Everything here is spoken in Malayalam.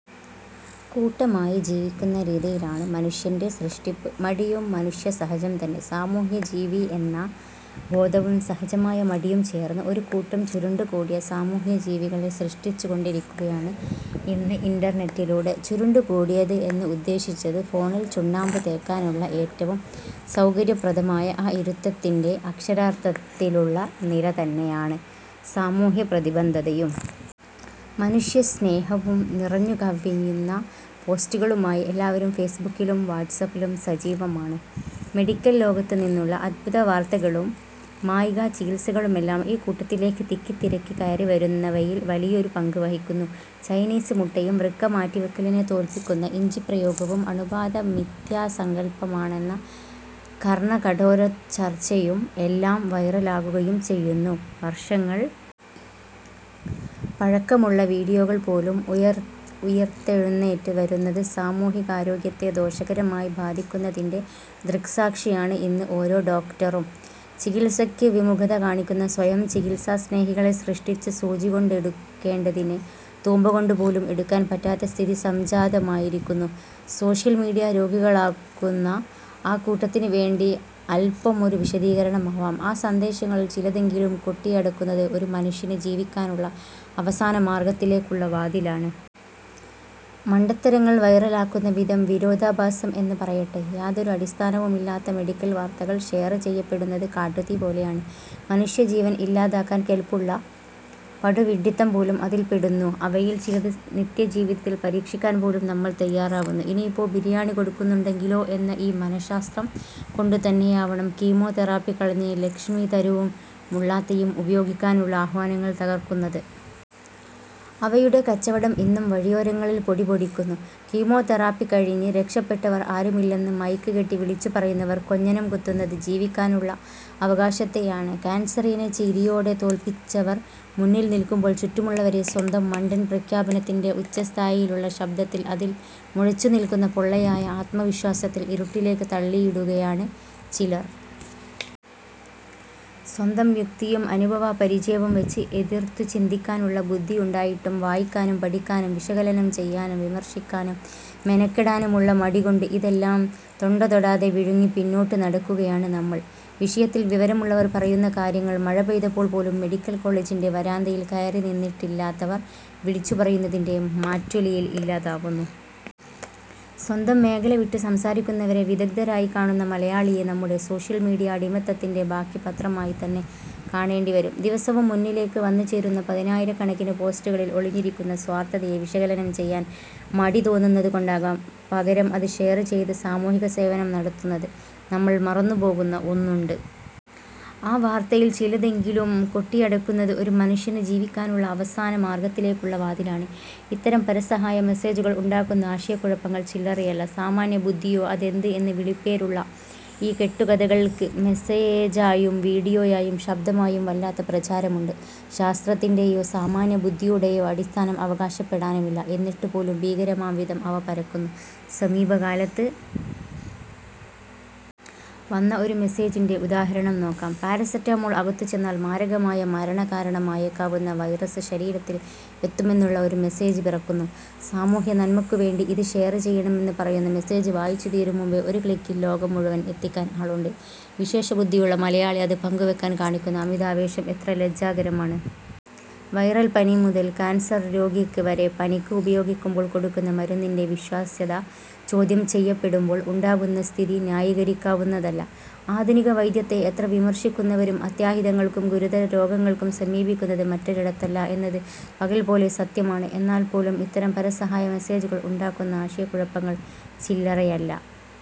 കൂട്ടമായി ജീവിക്കുന്ന രീതിയിലാണ് മനുഷ്യന്റെ സൃഷ്ടിപ്പ്. മടിയും മനുഷ്യസഹജം തന്നെ. സാമൂഹ്യജീവി എന്ന ബോധവും സഹജമായ മടിയും ചേർന്ന് ഒരു കൂട്ടം ചുരുണ്ടുകൂടിയ സാമൂഹ്യജീവികളെ സൃഷ്ടിച്ചുകൊണ്ടിരിക്കുകയാണ് ഇന്ന് ഇന്റർനെറ്റിലൂടെ. ചുരുണ്ടുകൂടിയത് എന്ന് ഉദ്ദേശിച്ചത് ഫോണിൽ ചുണ്ണാമ്പ് തേക്കാനുള്ള ഏറ്റവും സൗകര്യപ്രദമായ ആ ഇരുത്തത്തിന്റെ അക്ഷരാർത്ഥത്തിലുള്ള നില തന്നെയാണ്. സാമൂഹ്യപ്രതിബദ്ധതയും മനുഷ്യസ്നേഹവും നിറഞ്ഞുകവിയുന്ന പോസ്റ്റുകളുമായി എല്ലാവരും ഫേസ്ബുക്കിലും വാട്ട്സാപ്പിലും സജീവമാണ്. മെഡിക്കൽ ലോകത്ത് നിന്നുള്ള അദ്ഭുതവാർത്തകളും മായിക ചികിത്സകളുമെല്ലാം ഈ കൂട്ടത്തിലേക്ക് തിക്കിത്തിരക്കി കയറിവരുന്നവയിൽ വലിയൊരു പങ്ക് വഹിക്കുന്നു. ചൈനീസ് മുട്ടയും വൃക്ക മാറ്റിവെക്കലിനെ തോൽപ്പിക്കുന്ന ഇഞ്ചിപ്രയോഗവും അണുബാധ മിഥ്യാസങ്കൽപ്പമാണെന്ന കർണകഠോര ചർച്ചയും എല്ലാം വൈറലാകുകയും ചെയ്യുന്നു. വർഷങ്ങൾ പഴക്കമുള്ള വീഡിയോകൾ പോലും ഉയിർത്തെഴുന്നേറ്റ് വരുന്നത് സാമൂഹികാരോഗ്യത്തെ ദോഷകരമായി ബാധിക്കുന്നതിന്റെ ദൃക്സാക്ഷിയാണ് ഇന്ന് ഓരോ ഡോക്ടറും. ചികിത്സയ്ക്ക് വിമുഖത കാണിക്കുന്ന സ്വയം ചികിത്സാസ്നേഹികളെ സൃഷ്ടിച്ച് സൂചികൊണ്ടെടുക്കേണ്ടതിനെ തൂമ്പകൊണ്ട് പോലും എടുക്കാൻ പറ്റാത്ത സ്ഥിതി സംജാതമായിരിക്കുന്നു. സോഷ്യൽ മീഡിയ രോഗികളാക്കുന്ന ആ കൂട്ടത്തിന് വേണ്ടി അൽപമൊരു വിശദീകരണമാവാം. ആ സന്ദേശങ്ങളിൽ ചിലതെങ്കിലും കൊട്ടിയടക്കുന്നത് ഒരു മനുഷ്യന് ജീവിക്കാനുള്ള അവസാനമാർഗത്തിലേക്കുള്ള വാതിലാണ്. മണ്ടത്തരങ്ങൾ വൈറലാക്കുന്ന വിധം വിരോധാഭാസം എന്ന് പറയട്ടെ. യാതൊരു അടിസ്ഥാനവുമില്ലാത്ത മെഡിക്കൽ വാർത്തകൾ ഷെയർ ചെയ്യപ്പെടുന്നത് കാട്ടുതീ പോലെയാണ്. മനുഷ്യജീവൻ ഇല്ലാതാക്കാൻ കെൽപ്പുള്ള പടുവിഡ്ഢിത്തം പോലും അതിൽപ്പെടുന്നു. അവയിൽ ചിലത് നിത്യജീവിതത്തിൽ പരീക്ഷിക്കാൻ പോലും നമ്മൾ തയ്യാറാവുന്നു. ഇനിയിപ്പോ ബിരിയാണി കൊടുക്കുന്നുണ്ടെങ്കിലോ എന്ന ഈ മനശാസ്ത്രം കൊണ്ടുതന്നെയാവണം കീമോതെറാപ്പി കളഞ്ഞ് ലക്ഷ്മിതരുവും മുള്ളാത്തയും ഉപയോഗിക്കാനുള്ള ആഹ്വാനങ്ങൾ തകർക്കുന്നത്. അവയുടെ കച്ചവടം ഇന്നും വഴിയോരങ്ങളിൽ പൊടിപൊടിക്കുന്നു. കീമോതെറാപ്പി കഴിഞ്ഞ് രക്ഷപ്പെട്ടവർ ആരുമില്ലെന്ന് മൈക്ക് കെട്ടി വിളിച്ചുപറയുന്നവർ കൊഞ്ഞനം കുത്തുന്നത് ജീവിക്കാനുള്ള അവകാശത്തെയാണ്. കാൻസറിനെ ചിരിയോടെ തോൽപ്പിച്ചവർ മുന്നിൽ നിൽക്കുമ്പോൾ ചുറ്റുമുള്ളവരെ സ്വന്തം മണ്ടൻ പ്രഖ്യാപനത്തിന്റെ ഉച്ചസ്ഥായിയിലുള്ള ശബ്ദത്തിൽ അതിൽ മുഴച്ചുനിൽക്കുന്ന പൊള്ളയായ ആത്മവിശ്വാസത്തിൽ ഇരുട്ടിലേക്ക് തള്ളിയിടുകയാണ് ചിലർ. സ്വന്തം യുക്തിയും അനുഭവപരിചയവും വെച്ച് എതിർത്തുചിന്തിക്കാനുള്ള ബുദ്ധിയുണ്ടായിട്ടും വായിക്കാനും പഠിക്കാനും വിശകലനം ചെയ്യാനും വിമർശിക്കാനും മെനക്കെടാനുമുള്ള മടി കൊണ്ട് ഇതെല്ലാം തൊണ്ടതൊടാതെ വിഴുങ്ങി പിന്നോട്ട് നടക്കുകയാണ് നമ്മൾ. വിഷയത്തിൽ വിവരമുള്ളവർ പറയുന്ന കാര്യങ്ങൾ മഴ പെയ്തപ്പോൾ പോലും മെഡിക്കൽ കോളേജിന്റെ വരാന്തയിൽ കയറിനിന്നിട്ടില്ലാത്തവർ വിളിച്ചുപറയുന്നതിന്റെ മാറ്റൊലിയിൽ ഇല്ലാതാവുന്നു. സ്വന്തം മേഖല വിട്ട് സംസാരിക്കുന്നവരെ വിദഗ്ധരായി കാണുന്ന മലയാളിയെ നമ്മുടെ സോഷ്യൽ മീഡിയ അടിമത്തത്തിന്റെ ബാക്കിപത്രമായി തന്നെ കാണേണ്ടിവരും. ദിവസവും മുന്നിലേക്ക് വന്നുചേരുന്ന പതിനായിരക്കണക്കിന് പോസ്റ്റുകളിൽ ഒളിഞ്ഞിരിക്കുന്ന സ്വാർഥതയെ വിശകലനം ചെയ്യാൻ മടി തോന്നുന്നതുകൊണ്ടാകാം പകരം അത് ഷെയർ ചെയ്ത് സാമൂഹികസേവനം നടത്തുന്നത്. നമ്മൾ മറന്നുപോകുന്ന ഒന്നുണ്ട്. ആ വാർത്തയിൽ ചിലതെങ്കിലും കൊട്ടിയടക്കുന്നത് ഒരു മനുഷ്യന് ജീവിക്കാനുള്ള അവസാനമാർഗത്തിലേക്കുള്ള വാതിലാണ്. ഇത്തരം പരസഹായ മെസേജുകൾ ഉണ്ടാക്കുന്ന ആശയക്കുഴപ്പങ്ങൾ ചില്ലറയല്ല. സാമാന്യബുദ്ധിയോ അതെന്ത് എന്ന വിളിപ്പേരുള്ള ഈ കെട്ടുകഥകൾക്ക് മെസേജായും വീഡിയോയായും ശബ്ദമായും വല്ലാത്ത പ്രചാരമുണ്ട്. ശാസ്ത്രത്തിന്റെയോ സാമാന്യബുദ്ധിയുടെയോ അടിസ്ഥാനം അവകാശപ്പെടാനുമില്ല. എന്നിട്ടുപോലും ഭീകരമാംവിധം അവ പരക്കുന്നു. സമീപകാലത്ത് വന്ന ഒരു മെസേജിന്റെ ഉദാഹരണം നോക്കാം. പാരസെറ്റമോൾ അകത്തുചെന്നാൽ മാരകമായ മരണകാരണമായേക്കാവുന്ന വൈറസ് ശരീരത്തിൽ എത്തുമെന്നുമുള്ള ഒരു മെസേജ് പിറക്കുന്നു. സാമൂഹ്യനന്മയ്ക്കുവേണ്ടി ഇത് ഷെയർ ചെയ്യണമെന്ന് പറയുന്ന മെസേജ് വായിച്ചുതീരും മുമ്പേ ഒരു ക്ലിക്കിൽ ലോകം മുഴുവൻ എത്തിക്കാൻ ആളുണ്ട്. വിശേഷബുദ്ധിയുള്ള മലയാളി അത് പങ്കുവെക്കാൻ കാണിക്കുന്ന അമിതാവേശം എത്ര ലജ്ജാകരമാണ്. വൈറൽപ്പനി മുതൽ കാൻസർ രോഗിക്ക് വരെ പനിക്ക് ഉപയോഗിക്കുമ്പോൾ കൊടുക്കുന്ന മരുന്നിന്റെ വിശ്വാസ്യത ചോദ്യം ചെയ്യപ്പെടുമ്പോൾ ഉണ്ടാകുന്ന സ്ഥിതി ന്യായീകരിക്കാവുന്നതല്ല. ആധുനികവൈദ്യത്തെ എത്ര വിമർശിക്കുന്നവരും അത്യാഹിതങ്ങൾക്കും ഗുരുതരരോഗങ്ങൾക്കും സമീപിക്കുന്നത് മറ്റൊരിടത്തല്ല എന്നത് പകൽപോലെ സത്യമാണ്. എന്നാൽപ്പോലും ഇത്തരം പരസഹായ മെസേജുകൾ ഉണ്ടാക്കുന്ന ആശയക്കുഴപ്പങ്ങൾ ചില്ലറയല്ല.